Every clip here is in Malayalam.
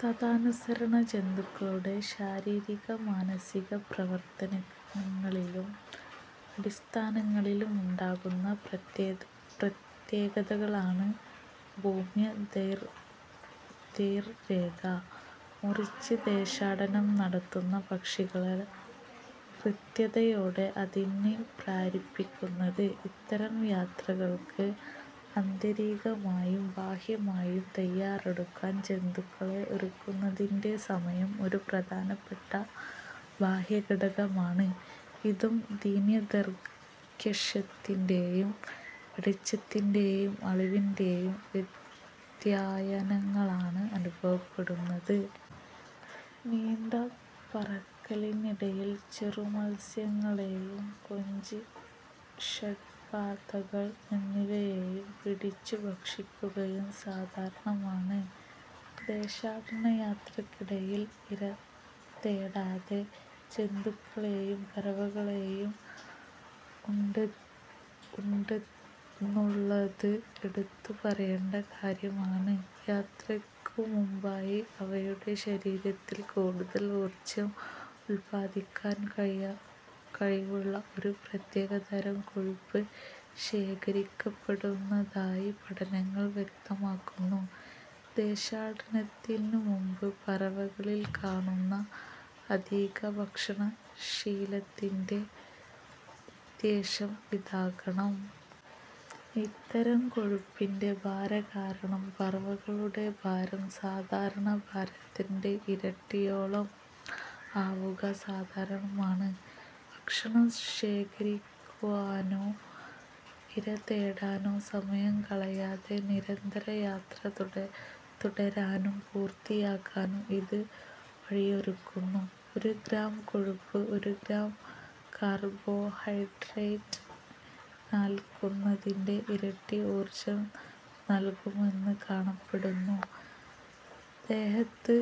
തദനുസരണം ജന്തുക്കളുടെ ശാരീരിക മാനസിക പ്രവർത്തനങ്ങളിലും അവസ്ഥകളിലും ഉണ്ടാകുന്ന പ്രത്യേകതകളാണ് ഭൂമധ്യരേഖ മുറിച്ച് ദേശാടനം നടത്തുന്ന പക്ഷികളെ കൃത്യതയോടെ അതിന് പ്രേരിപ്പിക്കുന്നത്. ഇത്തരം യാത്രകൾക്ക് ആന്തരികമായും ബാഹ്യമായും തയ്യാറെടുക്കാൻ ജന്തുക്കളെ ഒരുക്കുന്നതിൽ സമയം ഒരു പ്രധാനപ്പെട്ട ബാഹ്യഘടകമാണ്. ഇതും ദിനദൈർഘ്യത്തിന്റെയും വെളിച്ചത്തിന്റെ അളവിന്റെയും വ്യതിയാനങ്ങളായാണ് അനുഭവപ്പെടുക. നീണ്ട പറക്കലിനിടയിൽ ചെറുമത്സ്യങ്ങളെയും കൊഞ്ച്, ഷഡ്പദങ്ങൾ എന്നിവയെയും പിടിച്ചുഭക്ഷിക്കുക സാധാരണമാണ്. ദേശാടനയാത്രയ്ക്കിടയിൽ ഇരതേടാത്ത ജന്തുക്കളും പറവകളും ഉണ്ടെന്നുള്ളത് എടുത്തുപറയേണ്ട കാര്യമാണ്. യാത്രയ്ക്കുമുമ്പായി അവയുടെ ശരീരത്തിൽ കൂടുതൽ ഊർജ്ജം ഉത്പാദിപ്പിക്കാൻ കഴിവുള്ള ഒരു പ്രത്യേകതരം കൊഴുപ്പ് ശേഖരിക്കപ്പെടുന്നതായി പഠനങ്ങൾ വ്യക്തമാക്കുന്നു. ദേശാടനത്തിനുമുമ്പ് പറവകളിൽ കാണുന്ന അധികഭക്ഷണശീലത്തിന്റെ ഉദ്ദേശ്യം ഇതാകണം. ഇത്തരം കൊഴുപ്പിന്റെ ഭാരംകാരണം പറവയുടെ ഭാരം സാധാരണ ഭാരത്തിന്റെ ഇരട്ടിയോളം ആവുക സാധാരണമാണ്. ഭക്ഷണം ശേഖരിക്കാനോ ഇരതേടാനോ സമയം കളയാതെ നിരന്തര യാത്ര തുടരാനും പൂർത്തിയാക്കാനും ഇത് വഴിയൊരുക്കുന്നു. ഒരു ഗ്രാം കൊഴുപ്പ് ഒരു ഗ്രാം കാർബോഹൈഡ്രേറ്റ് നല്കുന്നതിന്റെ ഇരട്ടി ഊർജ്ജം നല്കുമെന്ന് കണക്കാക്കപ്പെടുന്നു. ദേഹത്ത്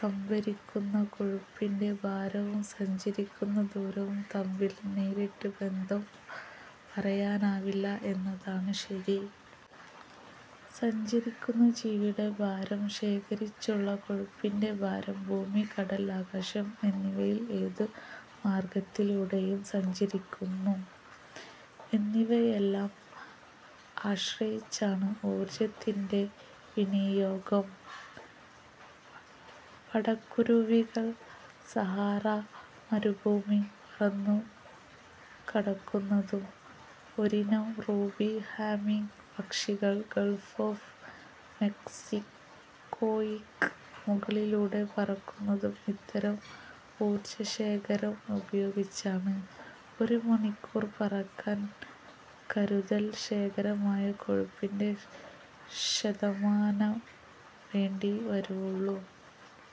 സംഭരിക്കുന്ന കൊഴുപ്പിന്റെ ഭാരവും സഞ്ചരിക്കുന്ന ദൂരവും തമ്മിൽ നേരിട്ടു ബന്ധം പറയാനാവില്ല എന്നതാണ് ശരി. സഞ്ചരിക്കുന്ന ജീവിയുടെ ഭാരം, ശേഖരിച്ചിട്ടുള്ള കൊഴുപ്പിന്റെ ഭാരം, ഭൂമി-കടൽ-ആകാശം എന്നിവയിൽ ഏതു മാർഗ്ഗത്തിലൂടെ സഞ്ചരിക്കുന്നു എന്നിവയെയെല്ലാം ആശ്രയിച്ചാണ് ഊർജ്ജത്തിന്റെ വിനിയോഗം. പാടക്കുരുവികൾ സഹാറാ മരുഭൂമി പറന്നുകടക്കുന്നതും ഒരിനം റൂബി ഹമ്മിങ് പക്ഷികൾ ഗൾഫ് ഒഫ് മെക്സിക്കോയ്ക്ക് മുകളിലൂടെ പറക്കുന്നതും ഇത്തരം ഊർജശേഖരം ഉപയോഗിച്ചാണ്. ഒരു മണിക്കൂർ പറക്കാൻ കരുതൽ ശേഖരമായ കൊഴുപ്പിന്റെ ശതമാനമേ വേണ്ടിവരികയുള്ളൂ.